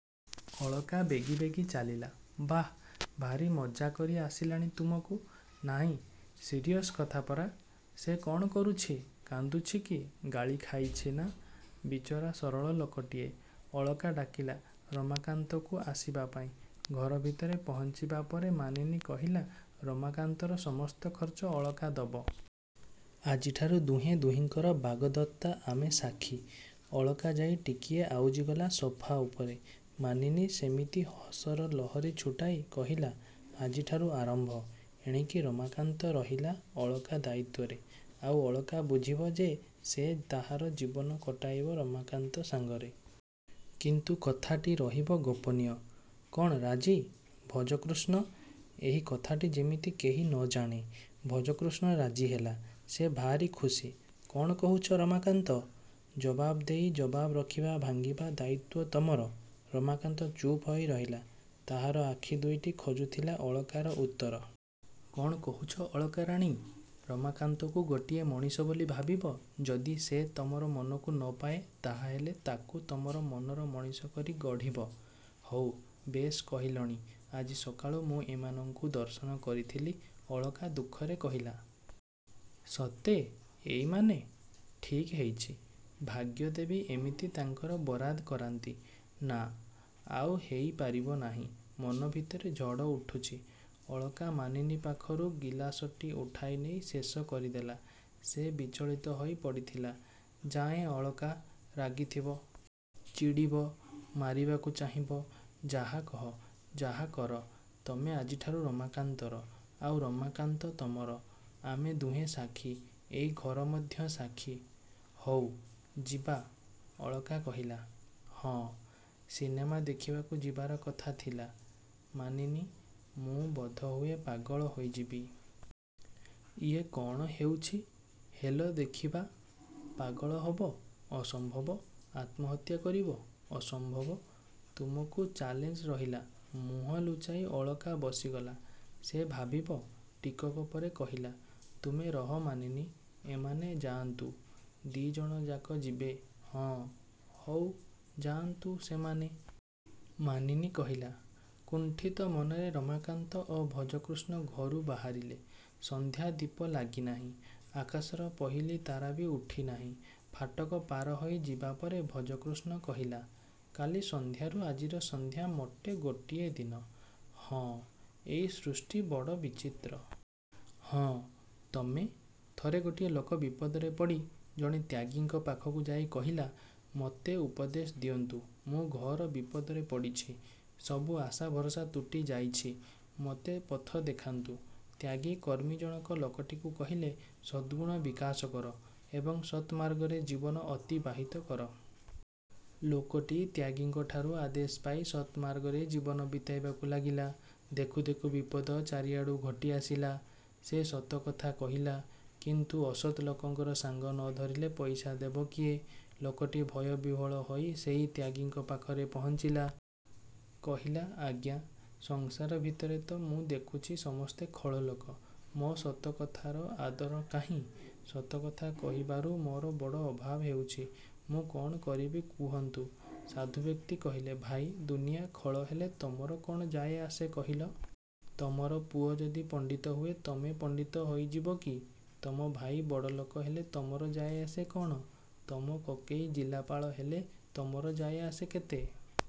ଅଳକା ବେଗି ବେଗି ଚାଲିଲା-ବାଃ, ଭାରି ମଜ୍ଜାକରି ଆସିଲାଣି ତୁମକୁ? -ନାହିଁ, ସିରିଅସ୍ କଥା ପରା। ସେ କ'ଣ କରୁଛି? କାନ୍ଦୁଛି କି? ଗାଳି ଖାଇଛି ନା-? -ବିଚରା ସରଳ ଲୋକଟିଏ। ଅଳକା ଡାକିଲା ରମାକାନ୍ତକୁ ଆସିବା ପାଇଁ। ଘର ଭିତରେ ପହଞ୍ଚିବା ପରେ ମାନିନୀ କହିଲା-ରମାକାନ୍ତର ସମସ୍ତ ଖର୍ଚ୍ଚ ଅଳକା ଦବ-। ଆଜିଠାରୁ ଦୁହେଁ ଦୁହିଁଙ୍କର ବାଗଦତ୍ତା-ଆମେ ସାକ୍ଷୀ। ଅଳକା ଯାଇ ଟିକିଏ ଆଉଜିଗଲା ସୋଫା ଉପରେ। ମାନିନୀ ସେମିତି ହସର ଲହରୀ ଛୁଟାଇ କହିଲା-ଆଜିଠାରୁ ଆରମ୍ଭ। ଏଣିକି ରମାକାନ୍ତ ରହିଲା ଅଳକା ଦାୟିତ୍ୱରେ। ଆଉ ଅଳକା ବୁଝିବ ଯେ ସେ ତାହାର ଜୀବନ କଟାଇବ ରମାକାନ୍ତ ସାଙ୍ଗରେ। କିନ୍ତୁ କଥାଟି ରହିବ ଗୋପନୀୟ। -କ'ଣ ରାଜି ଭଜକୃଷ୍ଣ? ଏହି କଥାଟି ଯେମିତି କେହି ନ ଜାଣେ। ଭଜକୃଷ୍ଣ ରାଜି ହେଲା। ସେ ଭାରି ଖୁସି। -କ'ଣ କହୁଛ ରମାକାନ୍ତ? ଜବାବ ଦେଇ ଜବାବ ରଖିବା ଭାଙ୍ଗିବା ଦାୟିତ୍ୱ ତମର। ରମାକାନ୍ତ ଚୁପ୍ ହେଇ ରହିଲା-ତାହାର ଆଖି ଦୁଇଟି ଖୋଜୁଥିଲା ଅଳକାର ଉତ୍ତର। -କ'ଣ କହୁଛ ଅଳକା ରାଣୀ? ରମାକାନ୍ତକୁ ଗୋଟିଏ ମଣିଷ ବୋଲି ଭାବିବ। ଯଦି ସେ ତମର ମନକୁ ନ ପାଏ ତାହାହେଲେ ତା'କୁ ତମର ମନର ମଣିଷ କରି ଗଢ଼ିବ। -ହଉ। ବେଶ୍ କହିଲଣି। ଆଜି ସକାଳୁ ମୁଁ ଏମାନଙ୍କୁ ଦର୍ଶନ କରିଥିଲି। ଅଳକା ଦୁଃଖରେ କହିଲା। -ସତେ? -ଏଇମାନେ? ଠିକ୍ ହେଇଛି। ଭାଗ୍ୟଦେବୀ ଏମିତି ତାଙ୍କର ବରାଦ କରାନ୍ତି। -ନା, ଆଉ ହେଇ ପାରିବ ନାହିଁ। ମନ ଭିତରେ ଝଡ଼ ଉଠୁଛି। ଅଳକା ମାନିନୀ ପାଖରୁ ଗିଲାସଟି ଉଠାଇ ନେଇ ଶେଷ କରିଦେଲା। ସେ ବିଚଳିତ ହୋଇ ପଡ଼ିଥିଲା। -ଯାଏଁ, ଅଳକା। ରାଗିଥିବ। ଚିଡ଼ିବ। ମାରିବାକୁ ଚାହିଁବ। ଯାହା କହ, ଯାହାକର-ତମେ ଆଜିଠାରୁ ରମାକାନ୍ତର। ଆଉ ରମାକାନ୍ତ ତମର। ଆମେ ଦୁହେଁ ସାକ୍ଷୀ। ଏଇ ଘର ମଧ୍ୟ ସାକ୍ଷୀ। -ହଉ। ଯିବା ଅଳକା କହିଲା। -ହଁ, ସିନେମା ଦେଖିବାକୁ ଯିବାର କଥା ଥିଲା। -ମାନିନୀ, ମୁଁ ବୋଧହୁଏ ପାଗଳ ହୋଇଯିବି। ଇଏ କ'ଣ ହେଉଛି? -ହେଲ ଦେଖିବା। ପାଗଳ ହବ? ଅସମ୍ଭବ। ଆତ୍ମହତ୍ୟା କରିବ? -ଅସମ୍ଭବ। ତୁମକୁ ଚାଲେଞ୍ଜ ରହିଲା। ମୁହଁ ଲୁଚାଇ ଅଳକା ବସିଗଲା-ସେ ଭାବିବ। ଟିକକ ପରେ କହିଲା-ତୁମେ ରହ ମାନିନୀ। ଏମାନେ ଯାଆନ୍ତୁ। -ଦି'ଜଣ ଯାକ ଯିବେ। -ହଁ। -ହଉ, ଯାଆନ୍ତୁ ସେମାନେ। ମାନିନୀ କହିଲା। କୁଣ୍ଠିତ ମନରେ ରମାକାନ୍ତ ଓ ଭଜକୃଷ୍ଣ ଘରୁ ବାହାରିଲେ। ସନ୍ଧ୍ୟା ଦୀପ ଲାଗି ନାହିଁ। ଆକାଶର ପହିଲି ତାରା ବି ଉଠିନାହିଁ। ଫାଟକ ପାର ହୋଇ ଯିବା ପରେ ଭଜକୃଷ୍ଣ କହିଲା-କାଲି ସନ୍ଧ୍ୟାରୁ ଆଜିର ସନ୍ଧ୍ୟା ମୋଟେ ଗୋଟିଏ ଦିନ। -ହଁ। -ଏଇ ସୃଷ୍ଟି ବଡ଼ ବିଚିତ୍ର। -ହଁ। -ତମେ। ଥରେ ଗୋଟିଏ ଲୋକ ବିପଦରେ ପଡ଼ି ଜଣେ ତ୍ୟାଗୀଙ୍କ ପାଖକୁ ଯାଇ କହିଲା,''ମୋତେ ଉପଦେଶ ଦିଅନ୍ତୁ। ମୁଁ ଘୋର ବିପଦରେ ପଡ଼ିଛି। ସବୁ ଆଶା ଭରସା ତୁଟି ଯାଇଛି, ମୋତେ ପଥ ଦେଖାନ୍ତୁ। ତ୍ୟାଗୀ କର୍ମୀ ଜଣକ ଲୋକଟିକୁ କହିଲେ, ''ସଦ୍ଗୁଣ ବିକାଶ କର ଏବଂ ସତ୍ମାର୍ଗରେ ଜୀବନ ଅତିବାହିତ କର। '' ଲୋକଟି ତ୍ୟାଗୀଙ୍କଠାରୁ ଆଦେଶ ପାଇ ସତ୍ମାର୍ଗରେ ଜୀବନ ବିତାଇବାକୁ ଲାଗିଲା। ଦେଖୁଁ ଦେଖୁଁ ବିପଦ ଚାରିଆଡ଼ୁ ଘୋଟିଆସିଲା। ସେ ସତ କଥା କହିଲା। କିନ୍ତୁ ଅସତ୍ ଲୋକଙ୍କର ସାଙ୍ଗ ନ ଧରିଲେ ପଇସା ଦେବ କିଏ? ଲୋକଟି ଭୟବିହ୍ୱଳ ହୋଇ ସେଇ ତ୍ୟାଗୀଙ୍କ ପାଖରେ ପହଞ୍ଚିଲା। କହିଲା-''ଆଜ୍ଞା, ସଂସାର ଭିତରେ ତ ମୁଁ ଦେଖୁଛି ସମସ୍ତେ ଖଳଲୋକ। ମୋ ସତ କଥାର ଆଦର କାହିଁ? ସତକଥା କହିବାରୁ ମୋର ବଡ଼ ଅଭାବ ହେଉଛି। ମୁଁ କ'ଣ କରିବି କୁହନ୍ତୁ। '' ସାଧୁବ୍ୟକ୍ତି କହିଲେ-''ଭାଇ, ଦୁନିଆ ଖଳ ହେଲେ ତମର କ'ଣ ଯାଏ ଆସେ କହିଲ-? ତମର ପୁଅ ଯଦି ପଣ୍ତିତ ହୁଏ ତମେ ପଣ୍ତିତ ହୋଇଯିବକି? ତମ ଭାଇ ବଡ଼ଲୋକ ହେଲେ ତମର ଯାଏ ଆସେ କ'ଣ? ତମ କକେଇ ଜିଲାପାଳ ହେଲେ ତମର ଯାଏ ଆସେ କେତେ-?